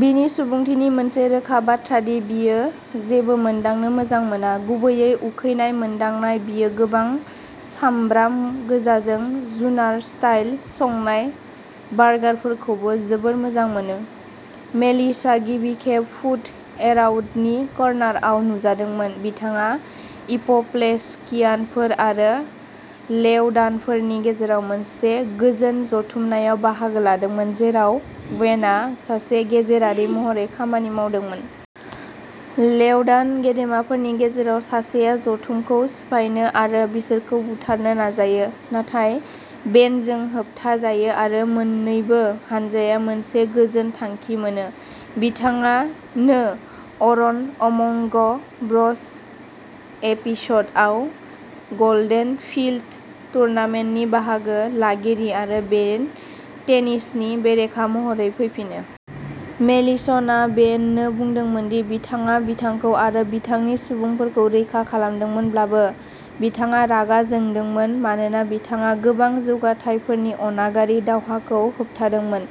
बिनि सुबुंथिनि मोनसे रोखा बाथ्रा दि बियो जेबो मोनदांनो मोजां मोना, गुबैयै उखैनाय मोनदांनाय। बियो गोबां सामब्राम गोजाजों जुनार-स्टाइल संनाय बार्गारफोरखौबो जोबोद मोजां मोनो। मेलिसआ गिबि खेब फुड एराउन्ड दि कर्नारआव नुजादोंमोन। बिथाङा एप'प्लेक्सियानफोर आरो लेव'डानफोरनि गेजेराव मोनसे गोजोन जथुमनायाव बाहागो लादोंमोन, जेराव बेनआ सासे गेजेरारि महरै खामानि मावदोंमोन। लेव'डान गेदेमाफोरनि गेजेराव सासेया जथुमखौ सिफायनो आरो बिसोरखौ बुथारनो नाजायो। नाथाय बेनजों होबथाजायो, आरो मोन्नैबो हानजाया मोनसे गोजोन थांखि मोनो। बिथाङा नो अन'र अमंग ब्र'स एपिस'डआव गल्डेन फिस्ट टुर्नामेन्टनि बाहागो लागिरि आरो बेन टेनिसननि बेरेखा महरै फैफिनो। मेलिसआ बेननो बुंदोंमोन दि बिथाङा बिथांखौ आरो बिथांनि सुबुंफोरखौ रैखा खालामदोंमोनब्लाबो, बिथाङा रागा जोंदोंमोन मानोना बिथाङा गोबां जौथाइफोरनि अनागारि दावहाखौ होबथादोंमोन।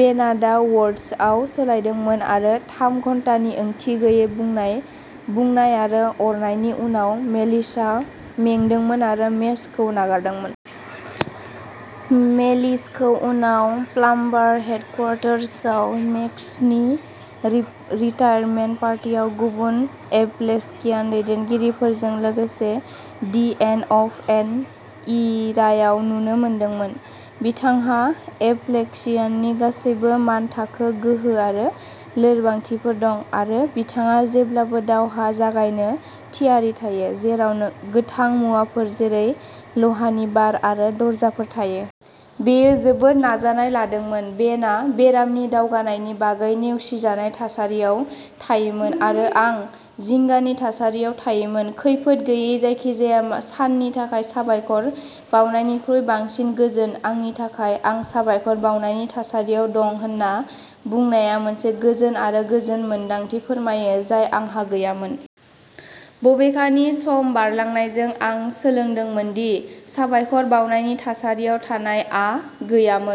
बेनआ दा वर्स्टआव सोलायदोंमोन, आरो थाम घन्टानि ओंथि गैयै बुनाय, बुनाय आरो अरनायनि उनाव, मेलिसआ मेंदोंमोन आरो मेचखौ नागारदोंमोन। मेलिसखौ उनाव प्लाम्बार हेडक्वार्टार्सआव मेक्सनि रिटायारमेन्ट पार्टियाव गुबुन एप'प्लेक्सियान दैदेनगिरिफोरजों लोगोसे दि एन्ड अफ एन इरायाव नुनो मोनदोंमोन। बिथांहा एप'प्लेक्सियाननि गासैबो मानथाखो गोहो आरो लोरबांथिफोर दं आरो बिथाङा जेब्लाबो दावहा जागायनो थियारि थायो, जेराव गोथां मुवाफोर जेरै लहानि बार आरो दरजाफोर थायो। बेयो जोबोद नाजानाय लादोंमोन। बेनआ बेरामनि दावगानायनि बागै नेवसिजानाय थासारियाव थायोमोन, आरो आं जिंगानि थासारियाव थायोमोन, खैफोद गैयै जायखिजाया साननि थाखाय साबायखर बावनायनिख्रुइ बांसिन गोजोन। आंनि थाखाय, आं साबायखर बावनायनि थासारियाव दं होन्ना बुंनाया मोनसे गोजोन आरो गोजोन मोन्दांथि फोरमायो जाय आंहा गैयामोन। बबेखानि, सम बारलांनायजों, आं सोलोंदोंमोन दि" साबायखर बावनायनि थासारियाव थानाय "आ गैयामोन।